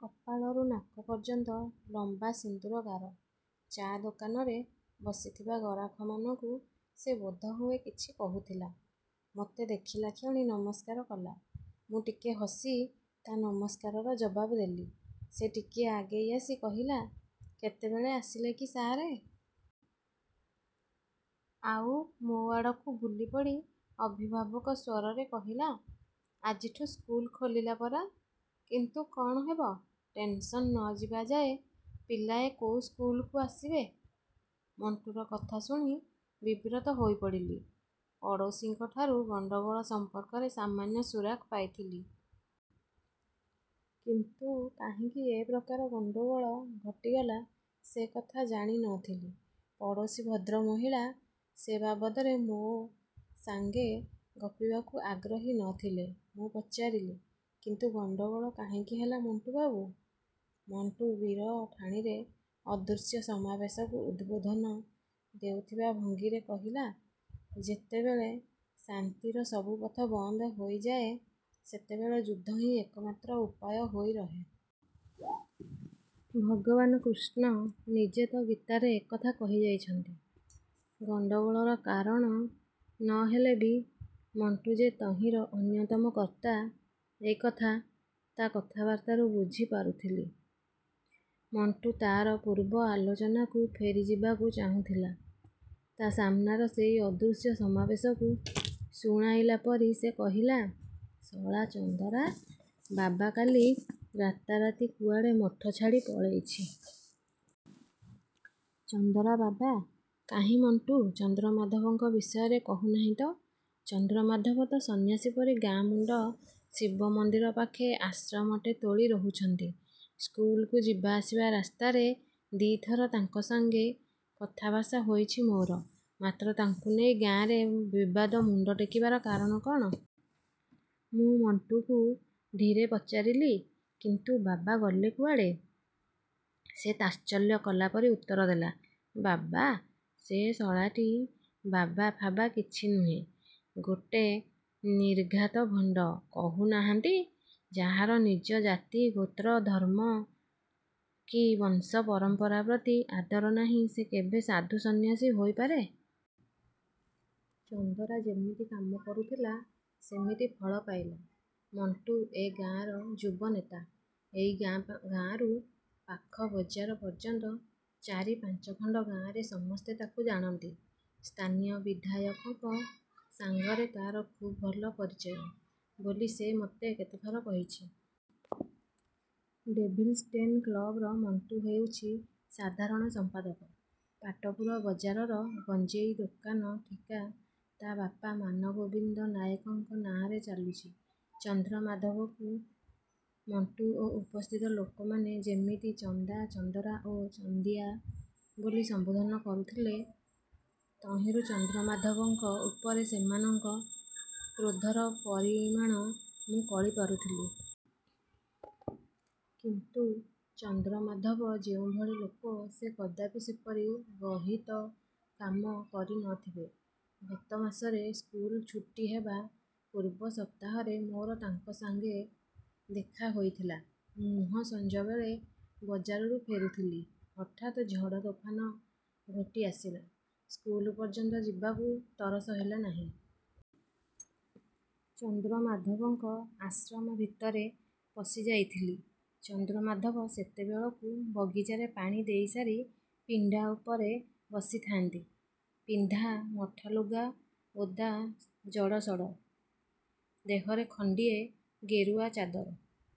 କପାଳରୁ ନାକ ପର୍ଯ୍ୟନ୍ତ ଲମ୍ବା ସିନ୍ଦୂର ଗାର। ଚା' ଦୋକାନରେ ବସିଥିବା ଗରାଖମାନଙ୍କୁ ସେ ବୋଧହୁଏ କିଛି କହୁଥିଲା। ମୋତେ ଦେଖିଲାକ୍ଷଣି ନମସ୍କାର କଲା। ମୁଁ ଟିକେ ହସି ତା' ନମସ୍କାରର ଜବାବ ଦେଲି। ସେ ଟିକିଏ ଆଗେଇ ଆସି କହିଲା, "କେତେବେଳେ ଆସିଲେ କି ସାଆରେ? ଆଉ ମୋ ଆଡ଼କୁ ବୁଲି ପଡ଼ି ଅଭିଭାବକ ସ୍ୱରରେ କହିଲା, "ଆଜିଠୁ ସ୍କୁଲ ଖୋଲିଲା ପରା! କିନ୍ତୁ କ'ଣ ହେବ! ଟେନ୍‌ସନ୍ ନ ଯିବା ଯାଏ ପିଲାଏ କୋଉ ସ୍କୁଲକୁ ଆସିବେ!" ମଣ୍ଟୁର କଥା ଶୁଣି ବିବ୍ରତ ହୋଇ ପଡ଼ିଲି। ପଡ଼ୋଶୀଙ୍କ ଠାରୁ ଗଣ୍ଡଗୋଳ ସମ୍ପର୍କରେ ସାମାନ୍ୟ ସୁରାକ୍ ପାଇଥିଲି। କିନ୍ତୁ କାହିଁକି ଏ ପ୍ରକାର ଗଣ୍ଡଗୋଳ ଘଟିଗଲା ସେ କଥା ଜାଣି ନ ଥିଲି। ପଡ଼ୋଶୀ ଭଦ୍ରମହିଳା ସେ ବାବଦରେ ମୋ ସାଙ୍ଗେ ଗପିବାକୁ ଆଗ୍ରହୀ ନ ଥିଲେ। ମୁଁ ପଚାରିଲି, "କିନ୍ତୁ ଗଣ୍ଡଗୋଳ କାହିଁକି ହେଲା ମଣ୍ଟୁବାବୁ?" ମଣ୍ଟୁ ବୀରଠାଣିରେ ଅଦୃଶ୍ୟ ସମାବେଶକୁ ଉଦ୍‌ବୋଧନ ଦେଉଥିବା ଭଙ୍ଗୀରେ କହିଲା, "ଯେତେବେଳେ ଶାନ୍ତିର ସବୁ ପଥ ବନ୍ଦ ହୋଇଯାଏ, ସେତେବେଳେ ଯୁଦ୍ଧ ହିଁ ଏକମାତ୍ର ଉପାୟ ହୋଇ ରହେ। ଭଗବାନ କୃଷ୍ଣ ନିଜେ ତ ଗୀତାରେ ଏକଥା କହିଯାଇଛନ୍ତି।" ଗଣ୍ଡଗୋଳର କାରଣ ନ ହେଲେ ବି ମଣ୍ଟୁ ଯେ ତହିଁର ଅନ୍ୟତମ କର୍ତ୍ତା ଏକଥା ତା' କଥାବାର୍ତ୍ତାରୁ ବୁଝି ପାରୁଥିଲି। ମଣ୍ଟୁ ତା'ର ପୂର୍ବ ଆଲୋଚନାକୁ ଫେରିଯିବାକୁ ଚାହୁଁଥିଲା। ତା' ସାମ୍ନାର ସେଇ ଅଦୃଶ୍ୟ ସମାବେଶକୁ ଶୁଣାଇଲା ପରି ସେ କହିଲା, "ଶଳା ଚନ୍ଦରା ବାବା କାଲି ରାତାରାତି କୁଆଡ଼େ ମଠ ଛାଡ଼ି ପଳେଇଛି। ଚନ୍ଦରା ବାବା? କାହିଁ ମଣ୍ଟୁ ଚନ୍ଦ୍ରମାଧବଙ୍କ ବିଷୟରେ କହୁନାହିଁ ତ! ଚନ୍ଦ୍ରମାଧବ ତ ସନ୍ନ୍ୟାସୀ ପରି ଗାଁ ମୁଣ୍ଡ ଶିବମନ୍ଦିର ପାଖେ ଆଶ୍ରମଟେ ତୋଳି ରହୁଛନ୍ତି। ସ୍କୁଲକୁ ଯିବାଆସିବା ରାସ୍ତାରେ ଦି'ଥର ତାଙ୍କ ସାଙ୍ଗେ କଥାଭାଷା ହୋଇଛି ମୋର। ମାତ୍ର ତାଙ୍କୁ ନେଇ ଗାଁରେ ବିବାଦ ମୁଣ୍ଡ ଟେକିବାର କାରଣ କ'ଣ? ମୁଁ ମଣ୍ଟୁକୁ ଧୀରେ ପଚାରିଲି, "କିନ୍ତୁ ବାବା ଗଲେ କୁଆଡ଼େ?" ସେ ତାଚ୍ଛଲ୍ୟ କଲା ପରି ଉତ୍ତର ଦେଲା, "ବାବା! ସେ ଶଳାଟି ବାବା ଫାବା କିଛି ନୁହେଁ। ଗୋଟେ ନିର୍ଘାତ ଭଣ୍ଡ। କହୁନାହାନ୍ତି, ଯାହାର ନିଜ ଜାତି, ଗୋତ୍ର, ଧର୍ମ କି ବଂଶ, ପରମ୍ପରା ପ୍ରତି ଆଦର ନାହିଁ, ସେ କେବେ ସାଧୁ ସନ୍ନ୍ୟାସୀ ହୋଇ ପାରେ? ଚନ୍ଦରା ଯେମିତି କାମ କରୁଥିଲା, ସେମିତି ଫଳ ପାଇଲା।" ମଣ୍ଟୁ ଏ ଗାଁର ଯୁବନେତା। ଏଇ ଗାଁରୁ ପାଖ ବଜାର ପର୍ଯ୍ୟନ୍ତ ଚାରି ପାଞ୍ଚଖଣ୍ଡ ଗାଁରେ ସମସ୍ତେ ତାକୁ ଜାଣନ୍ତି। ସ୍ଥାନୀୟ ବିଧାୟକଙ୍କ ସାଙ୍ଗରେ ତା'ର ଖୁବ୍ ଭଲ ପରିଚୟ ବୋଲି ସେ ମୋତେ କେତେଥର କହିଛି। 'ଡେଭିଲ୍ସ ଡେନ୍' କ୍ଲବ୍‌ର ମଣ୍ଟୁ ହେଉଛି ସାଧାରଣ ସମ୍ପାଦକ। ପାଟପୁର ବଜାରର ଗଞ୍ଜେଇ ଦୋକାନ ଠିକା ତା' ବାପା ମାନଗୋବିନ୍ଦ ନାଏକଙ୍କ ନାଆଁରେ ଚାଲୁଛି। ଚନ୍ଦ୍ରମାଧବଙ୍କୁ ମଣ୍ଟୁ ଓ ଉପସ୍ଥିତ ଲୋକମାନେ ଯେମିତି ଚନ୍ଦା, ଚନ୍ଦରା ଓ ଚନ୍ଦିଆ ବୋଲି ସମ୍ବୋଧନ କରୁଥିଲେ, ତହିଁରୁ ଚନ୍ଦ୍ରମାଧବଙ୍କ ଉପରେ ସେମାନଙ୍କ କ୍ରୋଧର ପରିମାଣ ମୁଁ କଳି ପାରୁଥିଲି। କିନ୍ତୁ ଚନ୍ଦ୍ରମାଧବ ଯେଉଁଭଳି ଲୋକ, ସେ କଦାପି ସେପରି ଗର୍ହିତ କାମ କରି ନଥିବେ। ଗତ ମାସରେ, ସ୍କୁଲ ଛୁଟି ହେବା ପୂର୍ବ ସପ୍ତାହରେ ମୋର ତାଙ୍କ ସାଙ୍ଗେ ଦେଖା ହୋଇଥିଲା। ମୁହଁ ସଞ୍ଜବେଳେ ବଜାରରୁ ଫେରୁଥିଲି। ହଠାତ୍ ଝଡ଼ ତୋଫାନ ଘୋଟି ଆସିଲା। ସ୍କୁଲ ପର୍ଯ୍ୟନ୍ତ ଯିବାକୁ ତର ସହିଲା ନାହିଁ। ଚନ୍ଦ୍ରମାଧବଙ୍କ ଆଶ୍ରମ ଭିତରେ ପଶିଯାଇଥିଲି। ଚନ୍ଦ୍ରମାଧବ ସେତେବେଳକୁ ବଗିଚାରେ ପାଣି ଦେଇସାରି ପିଣ୍ଡା ଉପରେ ବସିଥାଆନ୍ତି। ପିନ୍ଧା ମଠାଲୁଗା ଓଦା ଜଡ଼ସଡ଼। ଦେହରେ ଖଣ୍ଡିଏ ଗେରୁଆ ଚାଦର।